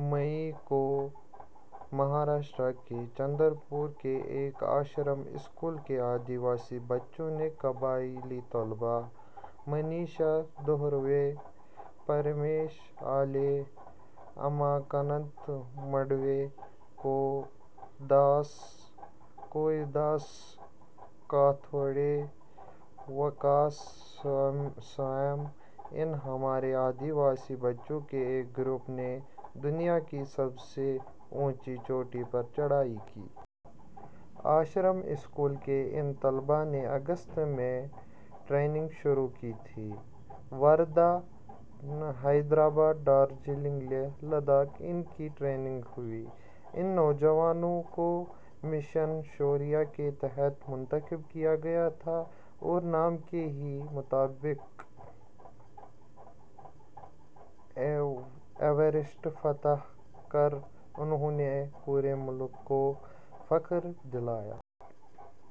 مئی کو مہاراشٹر کے چندر پور کے ایک آشرم- اسکول کے آدی واسی بچوں نے قبائلی طلبا – منیشا دھروے، پرمیش آلے، اماکانت مڈوی، کوی داس کاتموڑے، وکاس سویام – ان ہمارے آدی واسی بچوں کے ایک گروپ نے دنیا کی سب سے اونچی چوٹی پر چڑھائی کی۔ آشرم اسکول کے ان طلبا نے اگست میں ٹریننگ شروع کی تھی۔ وردھا، حیدرآباد، دارجلنگ، لیہہ ، لداخ – ان کی ٹریننگ ہوئی۔ ان نوجوانوںکو مشن شوریہ کے تحت منتخب کیا گیا تھا اور نام کے ہی مطابق ایوریسٹ فتح کر انہوں نے پورے ملک کو فخر دلایا ہے۔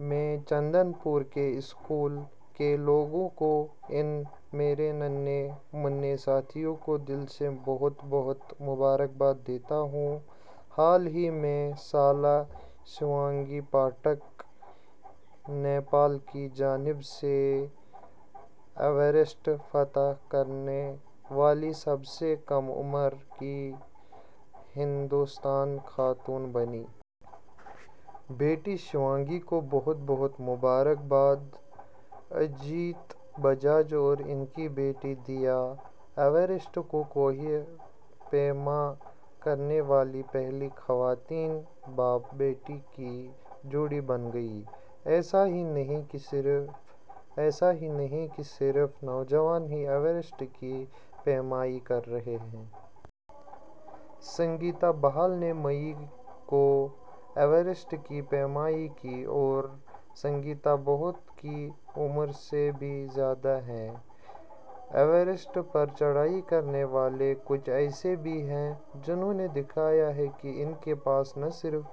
میں چندر پور کے اسکول کے لوگوں کو ان میرے ننھے منھے ساتھیوں کو، دل سے بہت بہت مبارکباد دیتا ہوں۔ حال ہی میں سالہ شیوانگی پاٹھک ، نیپال کی جانب سے ایوریسٹ فتح کرنے والی سب سے کم عمر کی ہندوستانی خاتون بنی۔ بیٹی شیوانگی کو بہت بہت مبارکباد۔ اجیت بجاج اور ان کی بیٹی دیا ایوریسٹ کی کوہ پیما کرنے والی پہلی خواتین باپ بیٹی کی جوڑی بن گئی۔ ایسا ہی نہیں کہ صرف نوجوان ہی ایوریسٹ کی پیمائی کر رہے ہیں۔ سنگیتا بہل نے مئی کو ایوریسٹ کی پیمائی کی اور سنگیتا بہت کی عمر سے بھی زیادہ ہے۔ ایوریسٹ پر چڑھائی کرنے والے کچھ ایسے بھی ہیں، جنہوں نے دکھایا کہ ان کے پاس نہ صرف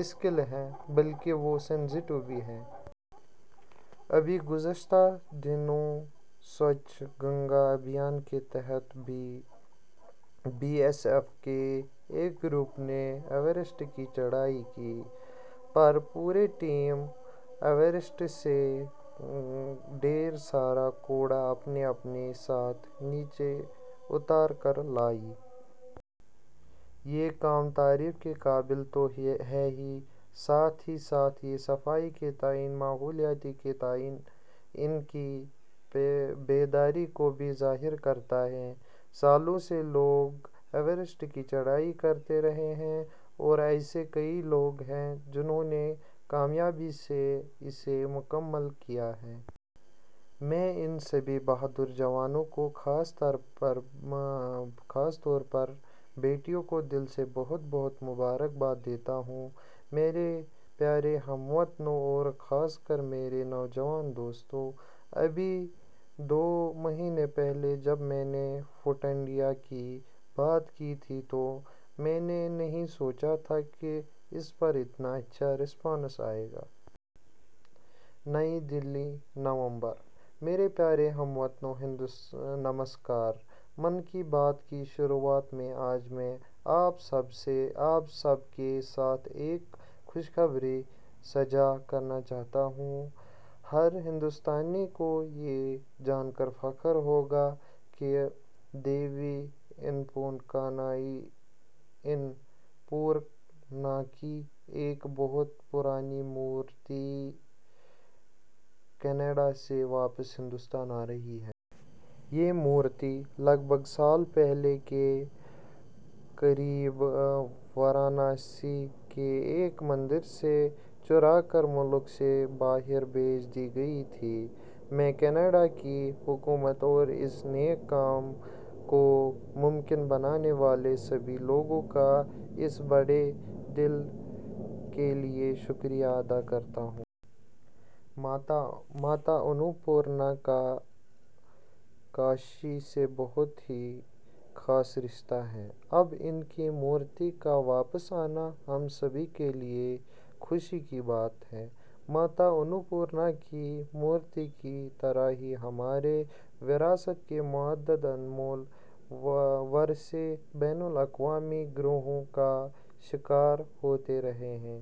اسکیل ہے بلکہ وہ سینسٹیو بھی ہیں۔ ابھی گزشتہ دنوں سوچھ گنگا ابھیان کے تحت بی ایس ایف کے ایک گروپ نے ایوریسٹ کی چڑھائی کی، پر پوری ٹیم ایوریسٹ سے ڈھیر سارا کوڑا اپنے اپنے ساتھ نیچے اتار کر لائی۔ یہ کام تعریف کے قابل تو ہے ہی، ساتھ ہی ساتھ یہ صفائی کے تئیں، ماحولیات کے تئیں ان کی بیداری کو بھی ظاہر کرتا ہے۔ سالوں سے لوگ ایوریسٹ کی چڑھائی کرتے رہے ہیں اور ایسے کئی لوگ ہیں، جنہوں نے کامیابی سے اسے مکمل کیا ہے۔ میں ان سبھی بہادر جوانوں کو، خاص طور پر بیٹیوں کو دل سے بہت بہت مبارکباد دیتا ہوں۔ میرے پیوارے ہم وطنوں اور خاص کر میرے نوجوان دوستوں۔ ابھی دو مہینے پہلے جب میں نے فٹ انڈیا کی بات کی تھی تو میں نے نہیں سوچا تھا کہ اس پر اتنا اچھا رسپانس آئے. نئی دہلی: نومبر،: میرے پیارے ہم وطنو، نمسکار۔ 'من کی بات' کی شروعات میں آج میں، آپ سب کے ساتھ ایک خوشخبری ساجھا کرنا چاہتا ہوں۔ ہر ہندوستانی کو یہ جانکر فخر ہوگا کہ دیوی انّ پورناکی ایک بہت پرانی مورتی، کینیڈا سے واپس ہندوستان آرہی ہے۔ یہ مورتی لگ بھگ سال پہلے، کے قریب، وارانسی کے ایک مندر سے چرا کر ملک سے باہر بھیج دی گئی تھی۔ میں، کینیڈا کی حکومت اور اس نیک کام کو ممکن بنانے والے سبھی لوگوں کا اس بڑے دل کیلئے شکریہ ادا کرتا ہوں۔ ماتا انّ پورنا کا کاشی سے بہت ہی خاص رشتہ ہے۔ اب، ان کی مورتی کا واپس آنا، ہم سبھی کیلئے خوشی کی بات ہے۔ ماتا انّ پورنا کی مورتی کی طرح ہی ہماری وراثت کے متعدد انمول ورثے بین الاقوامی گروہوں کا شکار ہوتے رہے ہیں۔